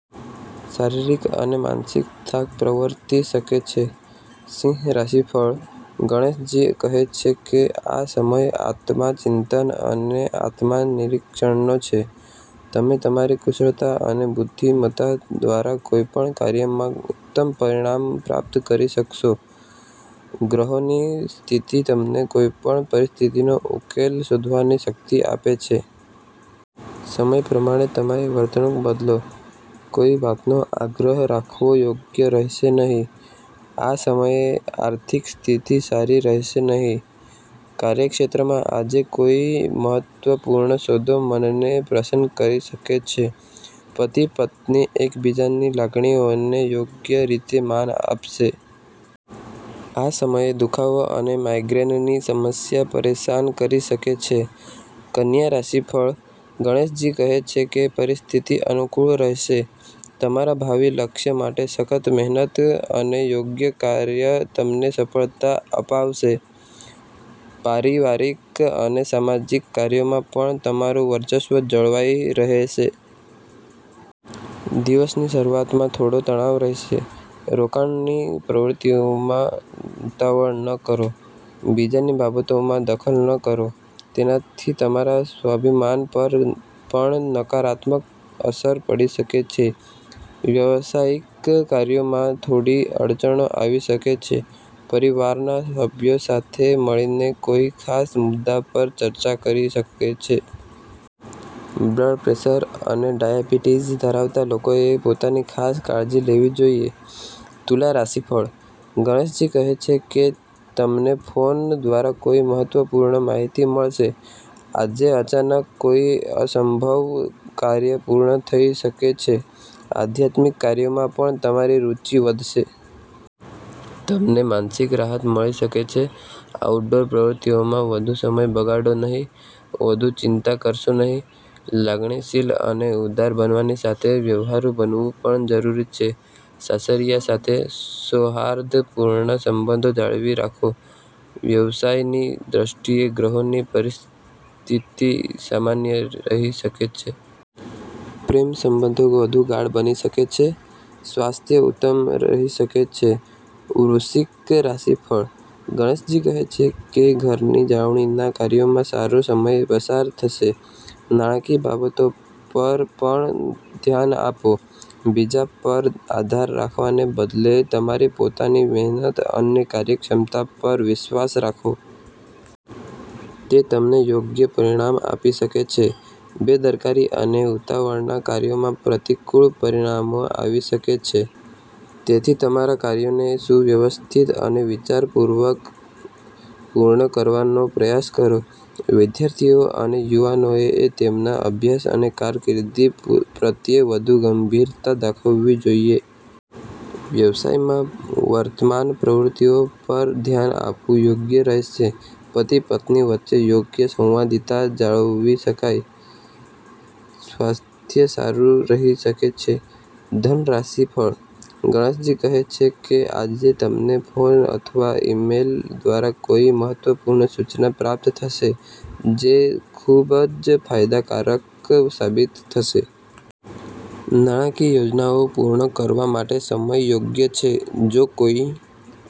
શારીરિક અને માનસિક થાક પ્રવર્તી શકે છે. સિંહ રાશિફળ: ગણેશજી કહે છે કે આ સમય આત્મ-ચિંતન અને આત્મ-નિરીક્ષણનો છે. તમે તમારી કુશળતા અને બુદ્ધિમત્તા દ્વારા કોઈપણ કાર્યમાં ઉત્તમ પરિણામ પ્રાપ્ત કરી શકશો. ગ્રહોની સ્થિતિ તમને કોઈપણ પરિસ્થિતિનો ઉકેલ શોધવાની શક્તિ આપે છે. સમય પ્રમાણે તમારી વર્તણૂક બદલો. કોઈ વાતનો આગ્રહ રાખવો યોગ્ય રહેશે નહીં. આ સમયે આર્થિક સ્થિતિ સારી રહેશે નહીં. કાર્યક્ષેત્રમાં આજે કોઈ મહત્વપૂર્ણ સોદો મનને પ્રસન્ન કરી શકે છે. પતિ-પત્ની એકબીજાની લાગણીઓને યોગ્ય રીતે માન આપશે. આ સમયે દુખાવો અને માઈગ્રેનની સમસ્યા પરેશાન કરી શકે છે. કન્યા રાશિફળ: ગણેશજી કહે છે કે પરિસ્થિતિ અનુકૂળ રહેશે. તમારા ભાવિ લક્ષ્ય માટે સખત મહેનત અને યોગ્ય કાર્ય તમને સફળતા અપાવશે. પારિવારિક અને સામાજિક કાર્યોમાં પણ તમારું વર્ચસ્વ જળવાઈ રહેશે. દિવસની શરૂઆતમાં થોડો તણાવ રહેશે. રોકાણની પ્રવૃત્તિઓમાં ઉતાવળ ન કરો. બીજાની બાબતોમાં દખલ ન કરો, તેનાથી તમારા સ્વાભિમાન પર પણ નકારાત્મક અસર પડી શકે છે. વ્યવસાયિક કાર્યોમાં થોડી અડચણો આવી શકે છે. પરિવારના સભ્યો સાથે મળીને કોઈ ખાસ મુદ્દા પર ચર્ચા કરી શકે છે. બ્લડપ્રેશર અને ડાયાબિટીસ ધરાવતા લોકોએ પોતાની ખાસ કાળજી લેવી જોઈએ. તુલા રાશિફળ: ગણેશજી કહે છે કે તમને ફોન દ્વારા કોઈ મહત્વપૂર્ણ માહિતી મળશે. આજે અચાનક કોઈ અસંભવ કાર્ય પૂર્ણ થઈ શકે છે. આધ્યાત્મિક કાર્યોમાં પણ તમારી રુચિ વધશે. તમને માનસિક રાહત મળી શકે છે. આઉટડોર પ્રવૃત્તિઓમાં વધુ સમય બગાડો નહીં. બહુ ચિંતા કરશો નહીં. લાગણીશીલ અને ઉદાર બનવાની સાથે વ્યવહારુ બનવું પણ જરૂરી છે. સાસરિયાં સાથે સૌહાર્દપૂર્ણ સંબંધો જાળવી રાખો. વ્યવસાયની દ્રષ્ટિએ ગ્રહોની સ્થિતિ સામાન્ય રહી શકે છે. પ્રેમ સંબંધો વધુ ગાઢ બની શકે છે. સ્વાસ્થ્ય ઉત્તમ રહી શકે છે. વૃશ્ચિક રાશિફળ: ગણેશજી કહે છે કે ઘરની જાળવણીના કાર્યોમાં સારો સમય પસાર થશે. નાણાકીય બાબતો પર પણ ધ્યાન આપો. બીજા પર આધાર રાખવાને બદલે તમારી પોતાની મહેનત અને કાર્ય ક્ષમતા પર વિશ્વાસ રાખો. તે તમને યોગ્ય પરિણામ આપી શકે છે. બેદરકારી અને ઉતાવળના કાર્યોના પ્રતિકૂળ પરિણામો આવી શકે છે. તેથી તમારા કાર્યોને સુવ્યવસ્થિત અને વિચારપૂર્વક પૂર્ણ કરવાનો પ્રયાસ કરો. વિદ્યાર્થીઓ અને યુવાનોએ તેમના અભ્યાસ અને કારકિર્દી પ્રત્યે વધુ ગંભીરતા દાખવવી જોઈએ. વ્યવસાયમાં વર્તમાન પ્રવૃત્તિઓ પર ધ્યાન આપવું યોગ્ય રહેશે. પતિ-પત્ની વચ્ચે યોગ્ય સંવાદિતા જાળવી શકાય. સ્વાસ્થ્ય સારું રહી શકે છે. ધન રાશિફળ: ગણેશજી કહે છે કે આજે તમને ફોન અથવા ઈમેલ દ્વારા કોઈ મહત્વપૂર્ણ સૂચના પ્રાપ્ત થશે, જે ખૂબ જ ફાયદાકારક સાબિત થશે. નાણાકીય યોજનાઓ પૂર્ણ કરવા માટે સમય યોગ્ય છે. જો કોઈ